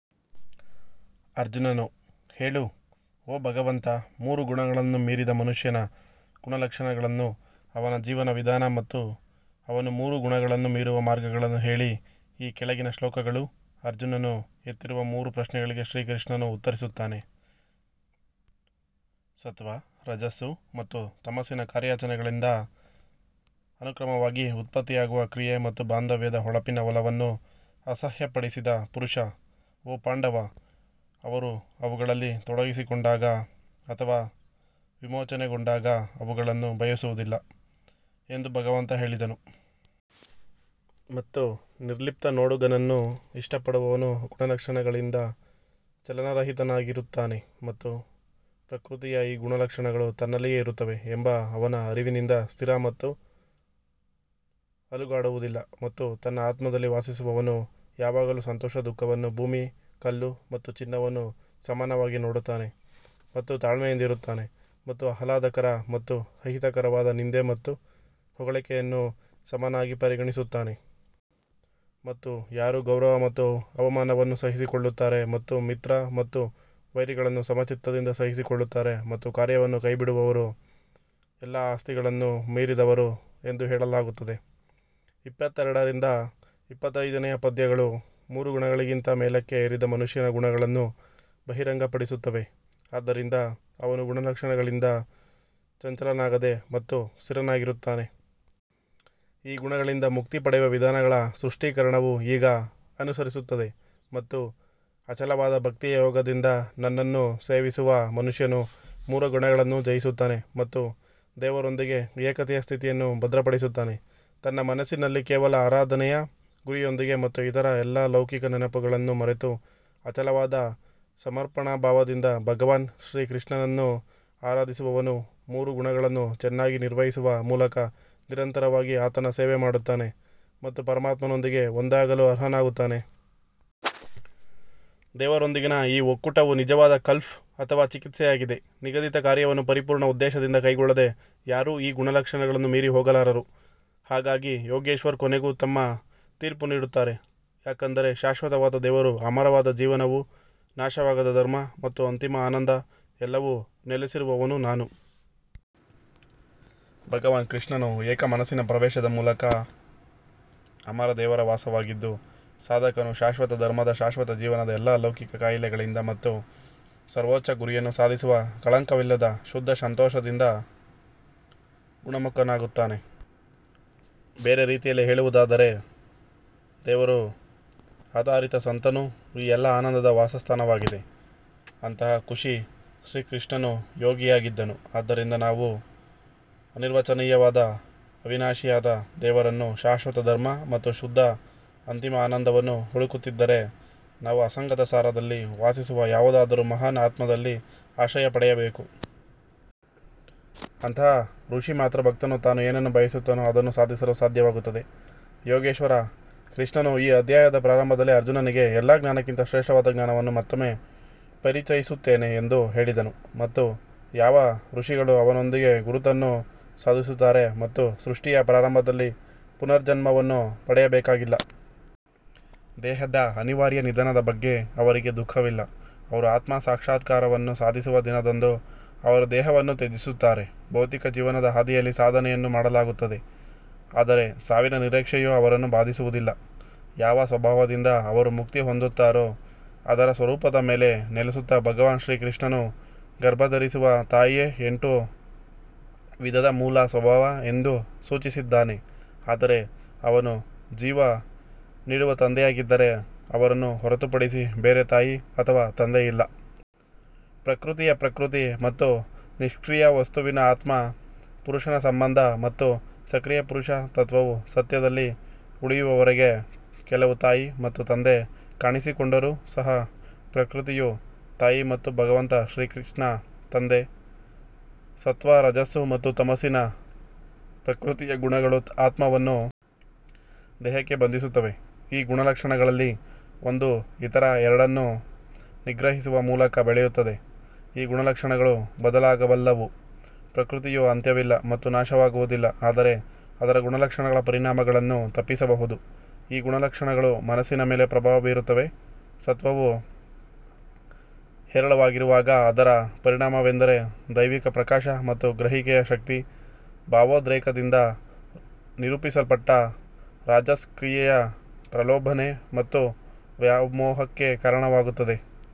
ಅರ್ಜುನನು ಹೇಳು ಓ ಭಗವಂತ, ಮೂರು ಗುಣಗಳನ್ನು ಮೀರಿದ ಮನುಷ್ಯನ ಗುಣಲಕ್ಷಣಗಳನ್ನು ಅವನ ಜೀವನ ವಿಧಾನ ಮತ್ತು ಅವನು ಮೂರು ಗುಣಗಳನ್ನು ಮೀರುವ ಮಾರ್ಗವನ್ನು ಹೇಳಿ. ಈ ಕೆಳಗಿನ ಶ್ಲೋಕಗಳು ಅರ್ಜುನನು ಎತ್ತಿರುವ ಮೂರು ಪ್ರಶ್ನೆಗಳಿಗೆ ಶ್ರೀಕೃಷ್ಣನು ಉತ್ತರಿಸುತ್ತಾನೆ ಸತ್ತ್ವ ರಜಸ್ಸು ಮತ್ತು ತಮಸ್ಸಿನ ಕಾರ್ಯಾಚರಣೆಗಳಿಂದ ಅನುಕ್ರಮವಾಗಿ ಉತ್ಪತ್ತಿಯಾಗುವ ಕ್ರಿಯೆ ಮತ್ತು ಬಾಂಧವ್ಯದ ಹೊಳಪಿನ ಒಲವನ್ನು ಅಸಹ್ಯಪಡಿಸದ ಪುರುಷ ಓ ಪಾಂಡವ ಅವರು ಅವುಗಳಲ್ಲಿ ತೊಡಗಿಸಿಕೊಂಡಾಗ ಅಥವಾ ವಿಮೋಚನೆಗೊಂಡಾಗ ಅವುಗಳನ್ನು ಬಯಸುವುದಿಲ್ಲ ಎಂದು ಭಗವಂತ ಹೇಳಿದನು. ಮತ್ತು ನಿರ್ಲಿಪ್ತ ನೋಡುಗನನ್ನು ಇಷ್ಟಪಡುವವನು ಗುಣಲಕ್ಷಣಗಳಿಂದ ಚಲನರಹಿತನಾಗಿರುತ್ತಾನೆ ಮತ್ತು ಪ್ರಕೃತಿಯ ಈ ಗುಣಲಕ್ಷಣಗಳು ತನ್ನಲ್ಲಿಯೇ ಇರುತ್ತವೆ ಎಂಬ ಅವನ ಅರಿವಿನಿಂದ ಸ್ಥಿರ ಮತ್ತು ಅಲುಗಾಡುವುದಿಲ್ಲ. ಮತ್ತು ತನ್ನ ಆತ್ಮದಲ್ಲಿ ವಾಸಿಸುವವನು ಯಾವಾಗಲೂ ಸಂತೋಷ ದುಃಖವನ್ನು ಭೂಮಿ ಕಲ್ಲು ಮತ್ತು ಚಿನ್ನವನ್ನು ಸಮಾನವಾಗಿ ನೋಡುತ್ತಾನೆ ಮತ್ತು ತಾಳ್ಮೆಯಿಂದಿರುತ್ತಾನೆ ಮತ್ತು ಆಹ್ಲಾದಕರ ಮತ್ತು ಅಹಿತಕರವಾದ ನಿಂದೆ ಮತ್ತು ಹೊಗಳಿಕೆಯನ್ನು ಸಮನಾಗಿ ಪರಿಗಣಿಸುತ್ತಾನೆ. ಮತ್ತು ಯಾರು ಗೌರವ ಮತ್ತು ಅವಮಾನವನ್ನು ಸಹಿಸಿಕೊಳ್ಳುತ್ತಾರೆ ಮತ್ತು ಮಿತ್ರ ಮತ್ತು ವೈರಿಗಳನ್ನು ಸಮಚಿತ್ತದಿಂದ ಸಹಿಸಿಕೊಳ್ಳುತ್ತಾರೆ ಮತ್ತು ಕಾರ್ಯವನ್ನು ಕೈಬಿಡುವವರು ಎಲ್ಲಾ ಆಸ್ತಿಗಳನ್ನು ಮೀರಿದವರು ಎಂದು ಹೇಳಲಾಗುತ್ತದೆ. ಇಪ್ಪತ್ತೆರಡರಿಂದ ಇಪ್ಪತ್ತೈದನೆಯ ಪದ್ಯಗಳು ಮೂರು ಗುಣಗಳಿಗಿಂತ ಮೇಲಕ್ಕೆ ಏರಿದ ಮನುಷ್ಯನ ಗುಣಗಳನ್ನು ಬಹಿರಂಗಪಡಿಸುತ್ತವೆ ಆದ್ದರಿಂದ ಅವನು ಗುಣಲಕ್ಷಣಗಳಿಂದ ಚಂಚಲನಾಗದೆ ಮತ್ತು ಸ್ಥಿರನಾಗಿರುತ್ತಾನೆ. ಈ ಗುಣಗಳಿಂದ ಮುಕ್ತಿ ಪಡೆಯುವ ವಿಧಾನಗಳ ಸ್ಪಷ್ಟೀಕರಣವು ಈಗ ಅನುಸರಿಸುತ್ತದೆ ಮತ್ತು ಅಚಲವಾದ ಭಕ್ತಿಯ ಯೋಗದಿಂದ ನನ್ನನ್ನು ಸೇವಿಸುವ ಮನುಷ್ಯನು ಮೂರು ಗುಣಗಳನ್ನು ಜಯಿಸುತ್ತಾನೆ ಮತ್ತು ದೇವರೊಂದಿಗೆ ಏಕತೆಯ ಸ್ಥಿತಿಯನ್ನು ಭದ್ರಪಡಿಸುತ್ತಾನೆ. ತನ್ನ ಮನಸ್ಸಿನಲ್ಲಿ ಕೇವಲ ಆರಾಧನೆಯ ಗುರಿಯೊಂದಿಗೆ ಮತ್ತು ಇತರ ಎಲ್ಲ ಲೌಕಿಕ ನೆನಪುಗಳನ್ನು ಮರೆತು ಅಚಲವಾದ ಸಮರ್ಪಣಾಭಾವದಿಂದ ಭಗವಾನ್ ಶ್ರೀಕೃಷ್ಣನನ್ನು ಆರಾಧಿಸುವವನು ಮೂರು ಗುಣಗಳನ್ನು ಚೆನ್ನಾಗಿ ನಿರ್ವಹಿಸುವ ಮೂಲಕ ನಿರಂತರವಾಗಿ ಆತನ ಸೇವೆ ಮಾಡುತ್ತಾನೆ ಮತ್ತು ಪರಮಾತ್ಮನೊಂದಿಗೆ ಒಂದಾಗಲು ಅರ್ಹನಾಗುತ್ತಾನೆ. ದೇವರೊಂದಿಗಿನ ಈ ಒಕ್ಕೂಟವು ನಿಜವಾದ ಕಲ್ಪ್ ಅಥವಾ ಚಿಕಿತ್ಸೆಯಾಗಿದೆ ನಿಗದಿತ ಕಾರ್ಯವನ್ನು ಪರಿಪೂರ್ಣ ಉದ್ದೇಶದಿಂದ ಕೈಗೊಳ್ಳದೆ ಯಾರೂ ಈ ಗುಣಲಕ್ಷಣಗಳನ್ನು ಮೀರಿ ಹೋಗಲಾರರು ಹಾಗಾಗಿ ಯೋಗೇಶ್ವರ್ ಕೊನೆಗೂ ತಮ್ಮ ತೀರ್ಪು ನೀಡುತ್ತಾರೆ ಯಾಕಂದರೆ ಶಾಶ್ವತವಾದ ದೇವರು ಅಮರವಾದ ಜೀವನವು ನಾಶವಾಗದ ಧರ್ಮ ಮತ್ತು ಅಂತಿಮ ಆನಂದ ಎಲ್ಲವೂ ನೆಲೆಸಿರುವವನು ನಾನು. ಭಗವಾನ್ ಕೃಷ್ಣನು ಏಕ ಮನಸ್ಸಿನ ಪ್ರವೇಶದ ಮೂಲಕ ಅಮರ ದೇವರ ವಾಸವಾಗಿದ್ದು, ಸಾಧಕನು ಶಾಶ್ವತ ಧರ್ಮದ ಶಾಶ್ವತ ಜೀವನದ ಎಲ್ಲಾ ಲೌಕಿಕ ಕಾಯಿಲೆಗಳಿಂದ ಮತ್ತು ಸರ್ವೋಚ್ಚ ಗುರಿಯನ್ನು ಸಾಧಿಸುವ ಕಳಂಕವಿಲ್ಲದ ಶುದ್ಧ ಸಂತೋಷದಿಂದ ಗುಣಮುಖನಾಗುತ್ತಾನೆ. ಬೇರೆ ರೀತಿಯಲ್ಲಿ ಹೇಳುವುದಾದರೆ, ದೇವರು ಆಧಾರಿತ ಸಂತನು ಈ ಎಲ್ಲಾ ಆನಂದದ ವಾಸಸ್ಥಾನವಾಗಿದೆ ಅಂತಹ ಋಷಿ ಶ್ರೀಕೃಷ್ಣನು ಯೋಗಿಯಾಗಿದ್ದನು ಆದ್ದರಿಂದ ನಾವು ಅನಿರ್ವಚನೀಯವಾದ ಅವಿನಾಶಿಯಾದ ದೇವರನ್ನು ಶಾಶ್ವತ ಧರ್ಮ ಮತ್ತು ಶುದ್ಧ ಅಂತಿಮ ಆನಂದವನ್ನು ಹುಡುಕುತ್ತಿದ್ದರೆ ನಾವು ಅಸಂಗತ ಸಾರದಲ್ಲಿ ವಾಸಿಸುವ ಯಾವುದಾದರೂ ಮಹಾನ್ ಆತ್ಮದಲ್ಲಿ ಆಶ್ರಯ ಪಡೆಯಬೇಕು. ಅಂತಹ ಋಷಿ ಮಾತ್ರ ಭಕ್ತನು ತಾನು ಏನನ್ನು ಬಯಸುತ್ತಾನೋ ಅದನ್ನು ಸಾಧಿಸಲು ಸಾಧ್ಯವಾಗುತ್ತದೆ ಯೋಗೇಶ್ವರ ಕೃಷ್ಣನು ಈ ಅಧ್ಯಾಯದ ಪ್ರಾರಂಭದಲ್ಲಿ ಅರ್ಜುನನಿಗೆ ಎಲ್ಲಾ ಜ್ಞಾನಕ್ಕಿಂತ ಶ್ರೇಷ್ಠವಾದ ಜ್ಞಾನವನ್ನು ಮತ್ತೊಮ್ಮೆ ಪರಿಚಯಿಸುತ್ತೇನೆ ಎಂದು ಹೇಳಿದನು ಮತ್ತು ಯಾವ ಋಷಿಗಳು ಅವನೊಂದಿಗೆ ಗುರುತನ್ನು ಸಾಧಿಸುತ್ತಾರೆ ಮತ್ತು ಸೃಷ್ಟಿಯ ಪ್ರಾರಂಭದಲ್ಲಿ ಪುನರ್ಜನ್ಮವನ್ನು ಪಡೆಯಬೇಕಾಗಿಲ್ಲ. ದೇಹದ ಅನಿವಾರ್ಯ ನಿಧನದ ಬಗ್ಗೆ ಅವರಿಗೂ ದುಃಖವಿಲ್ಲ ಅವರು ಆತ್ಮ ಸಾಕ್ಷಾತ್ಕಾರವನ್ನು ಸಾಧಿಸುವ ದಿನದಂದು ಅವರು ದೇಹವನ್ನು ತ್ಯಜಿಸುತ್ತಾರೆ ಭೌತಿಕ ಜೀವನದ ಹಾದಿಯಲ್ಲಿ ಸಾಧನೆಯನ್ನು ಮಾಡಲಾಗುತ್ತದೆ ಆದರೆ ಸಾವಿನ ನಿರೀಕ್ಷೆಯೂ ಅವರನ್ನು ಬಾಧಿಸುವುದಿಲ್ಲ ಯಾವ ಸ್ವಭಾವದಿಂದ ಅವರು ಮುಕ್ತಿ ಹೊಂದುತ್ತಾರೋ ಅದರ ಸ್ವರೂಪದ ಮೇಲೆ ನೆಲೆಸುತ್ತಾ ಭಗವಾನ್ ಶ್ರೀಕೃಷ್ಣನು ಗರ್ಭಧರಿಸುವ ತಾಯಿಯೇ ಎಂಟು ವಿಧದ ಮೂಲ ಸ್ವಭಾವ ಎಂದು ಸೂಚಿಸಿದ್ದಾನೆ ಆದರೆ ಅವನು ಜೀವ ನೀಡುವ ತಂದೆಯಾಗಿದ್ದರೆ ಅವರನ್ನು ಹೊರತುಪಡಿಸಿ ಬೇರೆ ತಾಯಿ ಅಥವಾ ತಂದೆ ಇಲ್ಲ. ಪ್ರಕೃತಿಯ ಪ್ರಕೃತಿ ಮತ್ತು ನಿಷ್ಕ್ರಿಯ ವಸ್ತುವಿನ ಆತ್ಮ ಪುರುಷನ ಸಂಬಂಧ ಮತ್ತು ಸಕ್ರಿಯ ಪುರುಷ ತತ್ವವು ಸತ್ಯದಲ್ಲಿ ಉಳಿಯುವವರೆಗೆ ಕೆಲವು ತಾಯಿ ಮತ್ತು ತಂದೆ ಕಾಣಿಸಿಕೊಂಡರೂ ಸಹ ಪ್ರಕೃತಿಯು ತಾಯಿ ಮತ್ತು ಭಗವಂತ ಕೃಷ್ಣ ತಂದೆ. ಸತ್ತ್ವ ರಜಸ್ಸು ಮತ್ತು ತಮಸ್ಸಿನ ಪ್ರಕೃತಿಯ ಗುಣಗಳು ಆತ್ಮವನ್ನು ದೇಹಕ್ಕೆ ಬಂಧಿಸುತ್ತವೆ ಈ ಗುಣಲಕ್ಷಣಗಳಲ್ಲಿ ಒಂದು ಇತರ ಎರಡನ್ನು ನಿಗ್ರಹಿಸುವ ಮೂಲಕ ಬೆಳೆಯುತ್ತದೆ ಈ ಗುಣಲಕ್ಷಣಗಳು ಬದಲಾಗಬಲ್ಲವು ಪ್ರಕೃತಿಯು ಅಂತ್ಯವಿಲ್ಲ ಮತ್ತು ನಾಶವಾಗುವುದಿಲ್ಲ ಆದರೆ ಅದರ ಗುಣಲಕ್ಷಣಗಳ ಪರಿಣಾಮಗಳನ್ನು ತಪ್ಪಿಸಬಹುದು ಈ ಗುಣಲಕ್ಷಣಗಳು ಮನಸ್ಸಿನ ಮೇಲೆ ಪ್ರಭಾವ ಬೀರುತ್ತವೆ ಸತ್ವವು ಹೇರಳವಾಗಿರುವಾಗ ಅದರ ಪರಿಣಾಮವೆಂದರೆ ದೈವಿಕ ಪ್ರಕಾಶ ಮತ್ತು ಗ್ರಹಿಕೆಯ ಶಕ್ತಿ ಭಾವೋದ್ರೇಕದಿಂದ ನಿರೂಪಿಸಲ್ಪಟ್ಟ ರಾಜಸ್ ಕ್ರಿಯೆಯ ಪ್ರಲೋಭನೆ ಮತ್ತು ವ್ಯಾಮೋಹಕ್ಕೆ ಕಾರಣವಾಗುತ್ತದೆ.